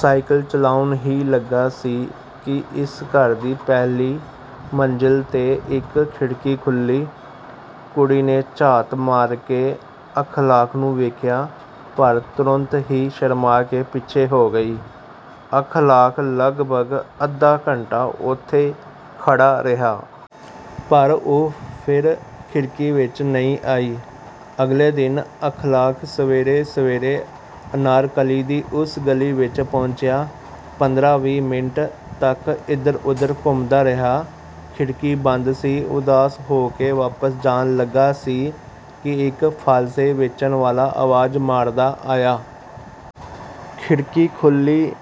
Cycle ਚਲਾਉਣ ਹੀ ਲੱਗਾ ਸੀ ਕਿ ਇਸ ਘਰ ਦੀ ਪਹਿਲੀ ਮੰਜ਼ਿਲ ਤੇ ਇੱਕ ਖਿੜਕੀ ਖੁੱਲ੍ਹੀ। ਕੁੜੀ ਨੇ ਝਾਤ ਮਾਰ ਕੇ ਅਖ਼ਲਾਕ ਨੂੰ ਵੇਖਿਆ। ਪਰ ਤੁਰੰਤ ਹੀ ਸ਼ਰਮਾ ਕੇ ਪਿੱਛੇ ਹੋ ਗਈ। ਅਖ਼ਲਾਕ ਲਗਭਗ ਅੱਧਾ ਘੰਟਾ ਉੱਥੇ ਖੜ੍ਹਾ ਰਿਹਾ। ਪਰ ਉਹ ਫਿਰ ਖਿੜਕੀ ਵਿੱਚ ਨਹੀਂ ਆਈ। ਅਗਲੇ ਦਿਨ ਅਖ਼ਲਾਕ ਸਵੇਰੇ-ਸਵੇਰੇ ਅਨਾਰਕਲੀ ਦੀ ਉਸ ਗਲੀ ਵਿੱਚ ਪਹੁੰਚਿਆ। ਪੰਦਰਾਂ-ਵੀਹ ਮਿੰਟ ਤੱਕ ਇੱਧਰ-ਉੱਧਰ ਘੁੰਮਦਾ ਰਿਹਾ। ਖਿੜਕੀ ਬੰਦ ਸੀ। ਉਦਾਸ ਹੋ ਕੇ ਵਾਪਸ ਜਾਣ ਲੱਗਾ ਸੀ ਕਿ ਇੱਕ ਫ਼ਾਲਸੇ ਵੇਚਣ ਵਾਲਾ ਆਵਾਜ਼ ਮਾਰਦਾ ਆਇਆ। ਖਿੜਕੀ ਖੁੱਲ੍ਹੀ,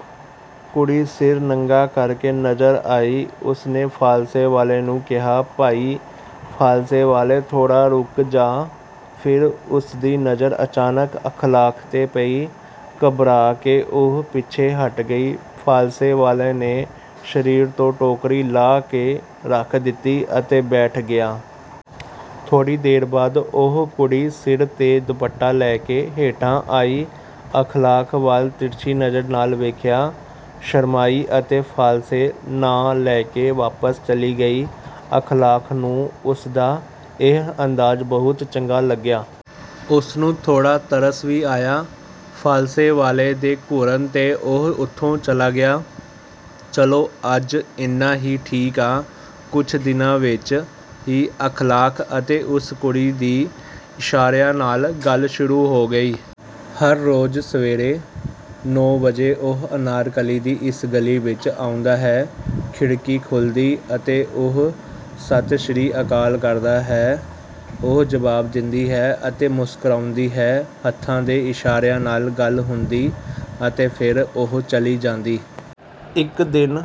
ਕੁੜੀ ਸਿਰ ਨੰਗਾ ਕਰਕੇ ਨਜ਼ਰ ਆਈ। ਉਸਨੇ ਫ਼ਾਲਸੇ ਵਾਲੇ ਨੂੰ ਕਿਹਾ "ਭਾਈ ਫ਼ਾਲਸੇ ਵਾਲੇ, ਥੋੜ੍ਹਾ ਰੁਕ ਜਾ।" ਫਿਰ ਉਸਦੀ ਨਜ਼ਰ ਅਚਾਨਕ ਅਖ਼ਲਾਕ ਤੇ ਪਈ। ਘਬਰਾ ਕੇ ਉਹ ਪਿੱਛੇ ਹਟ ਗਈ। ਫ਼ਾਲਸੇ ਵਾਲੇ ਨੇ ਸ਼ਰੀਰ ਤੋਂ ਟੋਕਰੀ ਲਾਹ ਕੇ ਰੱਖ ਦਿੱਤੀ ਅਤੇ ਬੈਠ ਗਿਆ। ਥੋੜ੍ਹੀ ਦੇਰ ਬਾਅਦ ਉਹ ਕੁੜੀ ਸਿਰ ਤੇ ਦੁਪੱਟਾ ਲੈ ਕੇ ਹੇਠਾਂ ਆਈ। ਅਖ਼ਲਾਕ ਵੱਲ ਤਿਰਛੀ ਨਜ਼ਰ ਨਾਲ ਵੇਖਿਆ। ਸ਼ਰਮਾਈ ਅਤੇ ਫ਼ਾਲਸੇ ਨਾ ਲੈ ਕੇ ਵਾਪਸ ਚਲੀ ਗਈ। ਅਖ਼ਲਾਕ ਨੂੰ ਉਸਦਾ ਇਹ ਅੰਦਾਜ਼ ਬਹੁਤ ਚੰਗਾ ਲੱਗਿਆ। ਉਸਨੂੰ ਥੋੜ੍ਹਾ ਤਰਸ ਵੀ ਆਇਆ। ਫ਼ਾਲਸੇ ਵਾਲੇ ਦੇ ਘੂਰਨ ਤੇ ਉਹ ਉੱਥੋਂ ਚਲਾ ਗਿਆ। "ਚਲੋ ਅੱਜ ਇੰਨਾ ਹੀ ਠੀਕ ਆ।" ਕੁਝ ਦਿਨਾਂ ਵਿੱਚ ਹੀ ਅਖ਼ਲਾਕ ਅਤੇ ਉਸ ਕੁੜੀ ਦੀ ਇਸ਼ਾਰਿਆਂ ਨਾਲ ਗੱਲ ਸ਼ੁਰੂ ਹੋ ਗਈ। ਹਰ ਰੋਜ਼ ਸਵੇਰੇ ਨੌਂ ਵਜੇ ਉਹ ਅਨਾਰਕਲੀ ਦੀ ਇਸ ਗਲੀ ਵਿੱਚ ਆਉਂਦਾ। ਖਿੜਕੀ ਖੁੱਲ੍ਹਦੀ, ਉਹ ਸਤਿ ਸ੍ਰੀ ਅਕਾਲ ਕਰਦਾ, ਉਹ ਜਵਾਬ ਦਿੰਦੀ ਅਤੇ ਮੁਸਕਰਾਉਂਦੀ। ਹੱਥਾਂ ਦੇ ਇਸ਼ਾਰਿਆਂ ਨਾਲ ਗੱਲ ਹੁੰਦੀ ਅਤੇ ਫਿਰ ਉਹ ਚਲੀ ਜਾਂਦੀ। ਇੱਕ ਦਿਨ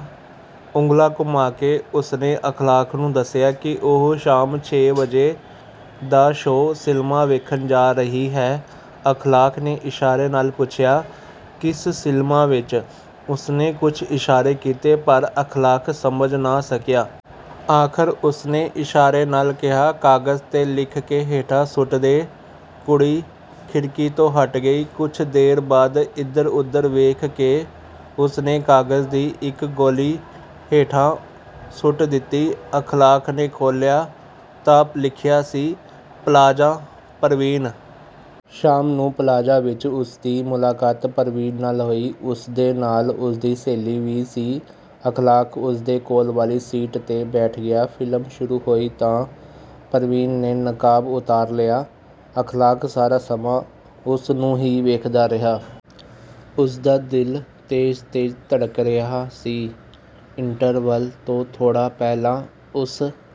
ਉਂਗਲਾਂ ਘੁਮਾ ਕੇ ਉਸਨੇ ਅਖ਼ਲਾਕ ਨੂੰ ਦੱਸਿਆ ਕਿ ਉਹ ਸ਼ਾਮ ਛੇ ਵਜੇ ਦਾ ਸ਼ੋਅ ਸਿਨੇਮਾ ਵੇਖਣ ਜਾ ਰਹੀ ਹੈ। ਅਖ਼ਲਾਕ ਨੇ ਇਸ਼ਾਰੇ ਨਾਲ ਪੁੱਛਿਆ "ਕਿਸ ਸਿਨੇਮਾ ਵਿੱਚ?" ਉਸਨੇ ਕੁਝ ਇਸ਼ਾਰੇ ਕੀਤੇ ਪਰ ਅਖ਼ਲਾਕ ਸਮਝ ਨਾ ਸਕਿਆ। ਆਖ਼ਰ ਉਸਨੇ ਇਸ਼ਾਰੇ ਨਾਲ ਕਿਹਾ, "ਕਾਗਜ਼ ਤੇ ਲਿਖ ਕੇ ਹੇਠਾਂ ਸੁੱਟ ਦੇ।" ਕੁੜੀ ਖਿੜਕੀ ਤੋਂ ਹਟ ਗਈ। ਕੁਝ ਦੇਰ ਬਾਅਦ ਇੱਧਰ-ਉੱਧਰ ਵੇਖ ਕੇ ਉਸਨੇ ਕਾਗਜ਼ ਦੀ ਇੱਕ ਗੋਲੀ ਹੇਠਾਂ ਸੁੱਟ ਦਿੱਤੀ। ਅਖ਼ਲਾਕ ਨੇ ਖੋਲ੍ਹਿਆ ਤਾਂ ਲਿਖਿਆ ਸੀ "ਪਲਾਜ਼ਾ ਪਰਵੀਨ।" ਸ਼ਾਮ ਨੂੰ ਪਲਾਜ਼ਾ ਵਿੱਚ ਉਸਦੀ ਮੁਲਾਕਾਤ ਪਰਵੀਨ ਨਾਲ ਹੋਈ। ਉਸਦੇ ਨਾਲ ਉਸਦੀ ਸਹੇਲੀ ਵੀ ਸੀ। ਅਖ਼ਲਾਕ ਉਸਦੇ ਕੋਲ ਵਾਲੀ ਸੀਟ ਤੇ ਬੈਠ ਗਿਆ। ਫ਼ਿਲਮ ਸ਼ੁਰੂ ਹੋਈ ਤਾਂ ਪਰਵੀਨ ਨੇ ਨਕਾਬ ਉਤਾਰ ਲਿਆ। ਅਖ਼ਲਾਕ ਸਾਰਾ ਸਮਾਂ ਉਸਨੂੰ ਹੀ ਵੇਖਦਾ ਰਿਹਾ। ਉਸਦਾ ਦਿਲ ਤੇਜ਼-ਤੇਜ਼ ਧੜਕ ਰਿਹਾ ਸੀ। ਇੰਟਰਵਲ ਤੋਂ ਥੋੜ੍ਹਾ ਪਹਿਲਾਂ ਉਸ